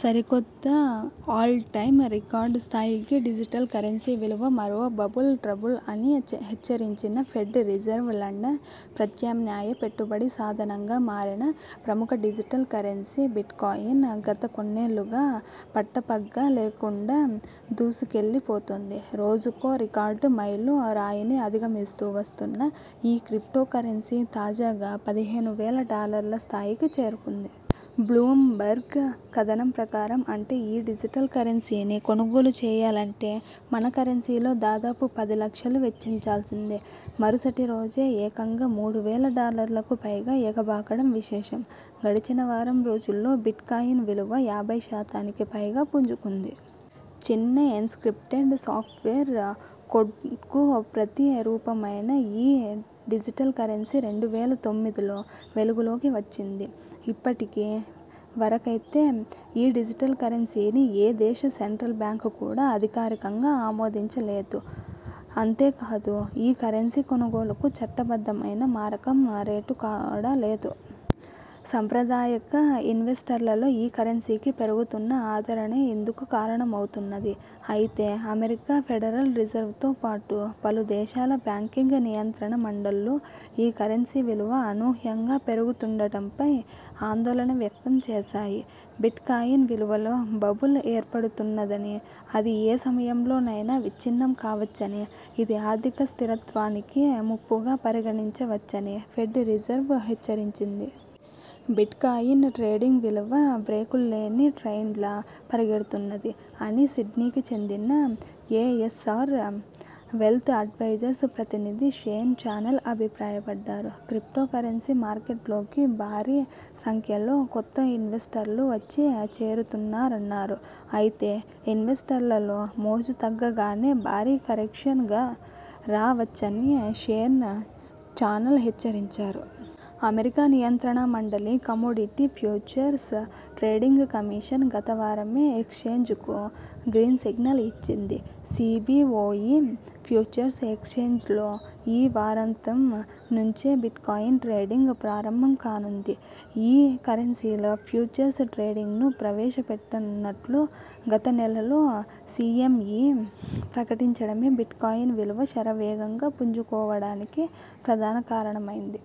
సరికొత్త all time record స్థాయికి digital currency విలువ మరో బబుల్ ట్రబుల్ అని హెచ్చరించిన ఫెడ్ రిజర్వ్ లండన్ ప్రత్యామ్నాయ పెట్టుబడి సాధనంగా మారిన ప్రముఖ డిజిటల్ కరెన్సీ బిట్కాయిన్, గత కొన్నాళ్లుగా పట్టపగ్గా ల్లేకుండా దూసుకెళ్లి పోతోంది. రోజుకో రికార్డు మైలు రాయిని అధిగ మిస్తూ వస్తున్న ఈ క్రిప్టో కరెన్సీ తాజాగా పదిహేను వేల డాలర్ల స్థాయికి చేరుకుంది. బ్లూమ్బర్గ్ కథనం ప్రకారం, అంటే ఈ డిజిటల్ కరెన్సీని కొనుగోలు చేయాలంటే మన కరెన్సీలో దాదాపు పది లక్షలు వెచ్చించాల్సిందే. మరుసటి రోజే ఏకంగా మూడు వేల డాలర్లకు పైగా ఎగ బాకడం విశేషం. గడచిన వారం రోజుల్లో బిట్కాయిన్ విలువ యాభై శాతానికి పైగా పుంజుకుంది. చిన్న ఎన్క్రిప్టెడ్ సాఫ్ట్వేర్ కోడ్కు ప్రతి రూపమైన ఈ డిజిటల్ కరెన్సీ రెండు వేల తొమ్మిదిలో వెలుగులోకి వచ్చింది. ఇప్పటి వరకైతే ఈ డిజిటల్ కరెన్సీని ఏ దేశ సెంట్రల్ బ్యాంక్ కూడా అధికారికంగా ఆమోదించ లేదు. అంతే కాదు ఈ కరెన్సీ కొనుగోలుకు చట్ట బద్ధమైన మారకం రేటు కూడా లేదు. సంప్రదాయక ఇన్వెస్టర్లలో ఈ కరెన్సీకి పెరుగుతున్న ఆదరణే ఇందుకు కారణమవుతున్నది. అయితే, అమెరికా ఫెడరల్ రిజర్వ్తోపాటు పలు దేశాల బ్యాంకింగ్ నియంత్రణ మండళ్లు ఈ కరెన్సీ విలువ అనూహ్యంగా పెరుగుతుండటంపై ఆందోళన వ్యక్తం చేశాయి. బిట్కాయిన్ విలువలో బబుల్ ఏర్పడుతున్నదని, అది ఏ సమయంలో నైనా విచ్ఛిన్నం కావచ్చని, ఇది ఆర్థిక స్థిరత్వానికి ముప్పుగా పరిణమించవచ్చని ఫెడ్ రిజర్వ్ హెచ్చరించింది. ''బిట్కాయిన్ ట్రేడింగ్ విలువ బ్రేకుల్లేని ట్రైన్లా పరుగెడుతున్నది'' అని సిడ్నీకి చెందిన ఎఎ్సఆర్ వెల్త్ అడ్వైజర్స్ ప్రతినిధి షేన్ చానెల్ అభిప్రాయపడ్డారు. క్రిప్టో కరెన్సీ మార్కెట్లోకి భారీ సంఖ్యలో కొత్త ఇన్వెస్టర్లు వచ్చి చేరుతున్నారన్నారు. అయితే, ఇన్వెస్టర్లలో మోజు తగ్గగానే భారీ కరెక్షన్ రా వచ్చని షేన్ చానల్ హెచ్చరించారు. అమెరికా నియంత్రణ మండలి 'కమోడిటీ ఫ్యూచర్స్ ట్రేడింగ్ కమిషన్' గత వారమే ఎక్స్చేంజ్కు గ్రీన్సిగ్నల్ ఇచ్చింది. సిబిఒఇ ఫ్యూచర్స్ ఎక్స్ఛేంజ్లో ఈ వారాంతం నుంచే బిట్కాయిన్ ట్రేడింగ్ ప్రారంభం కానుంది. ఈ కరెన్సీలో ఫ్యూచర్స్ ట్రేడింగ్ను ప్రవేశ పెట్టనున్నట్లు గతనెలలో సిఎంఇ ప్రకటించడమే బిట్కాయిన్ విలువ శర వేగంగా పుంజు కోవడానికి ప్రధాన కారణమైంది.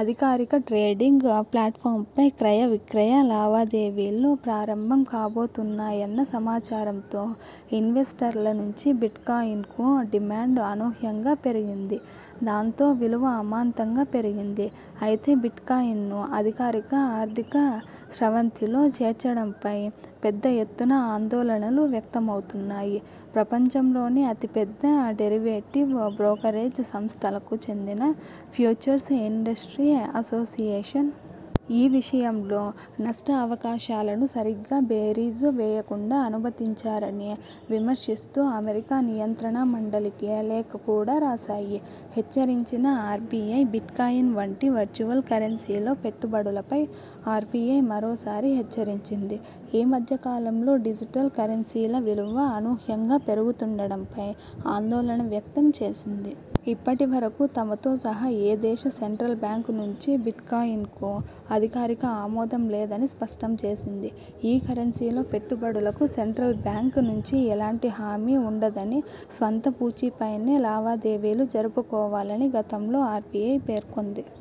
అధికారిక ట్రేడింగ్ ప్లాట్ఫాంపై క్రయ విక్రయ లావా దేవీలు ప్రారంభం కాబోతున్నాయన్న సమాచారంతో ఇన్వెస్టర్ల నుంచి బిట్కాయిన్కు డిమాండ్ అన్యూహంగా పెరిగింది. దాంతో విలువ అమాంతంగా పెరిగింది. అయితే, బిట్కాయిన్ను అధికారిక ఆర్థిక స్రవంతిలో చేర్చడంపై పెద్ద ఎత్తున ఆందోళనలు వ్యక్తమవుతున్నాయి. ప్రపంచం లోని అతిపెద్ద డెరివేటివ్ బ్రోకరేజ్ సంస్థలకు చెందిన ఫ్యూచర్స్ ఇండస్ట్రీ అసోసియేషన్.. ఈ విషయంలో నష్ట అవకాశాలను సరిగ్గా బేరీజు వేయకుండా అనుమతించారని విమర్శిస్తూ అమెరికా నియంత్రణ మండలికి లేఖ కూడా రాశాయి. హెచ్చరించిన ఆర్బిఐ బిట్కాయిన్ వంటి వర్చువల్ కరెన్సీలో పెట్టు బడులపై ఆర్బిఐ మరోసారి హెచ్చరించింది. ఈ మధ్య కాలంలో డిజిటల్ కరెన్సీల విలువ అనూహ్యంగా పెరుగుతుండటంపై ఆందోళన వ్యక్తం చేసింది. ఇప్పటి వరకు తమతో సహా ఏ దేశ సెంట్రల్ బ్యాంక్ నుంచీ బిట్కాయిన్కు అధికారిక ఆమోదం లేదని స్పష్టం చేసింది. ఈ కరెన్సీలో పెట్టుబడులకు సెంట్రల్ బ్యాంక్ నుంచి ఎలాంటి హామీ ఉండదని, స్వంత పూచీపైనే లావాదేవీలు జరపు కోవాలని గతంలో ఆర్బిఐ పేర్కొంది.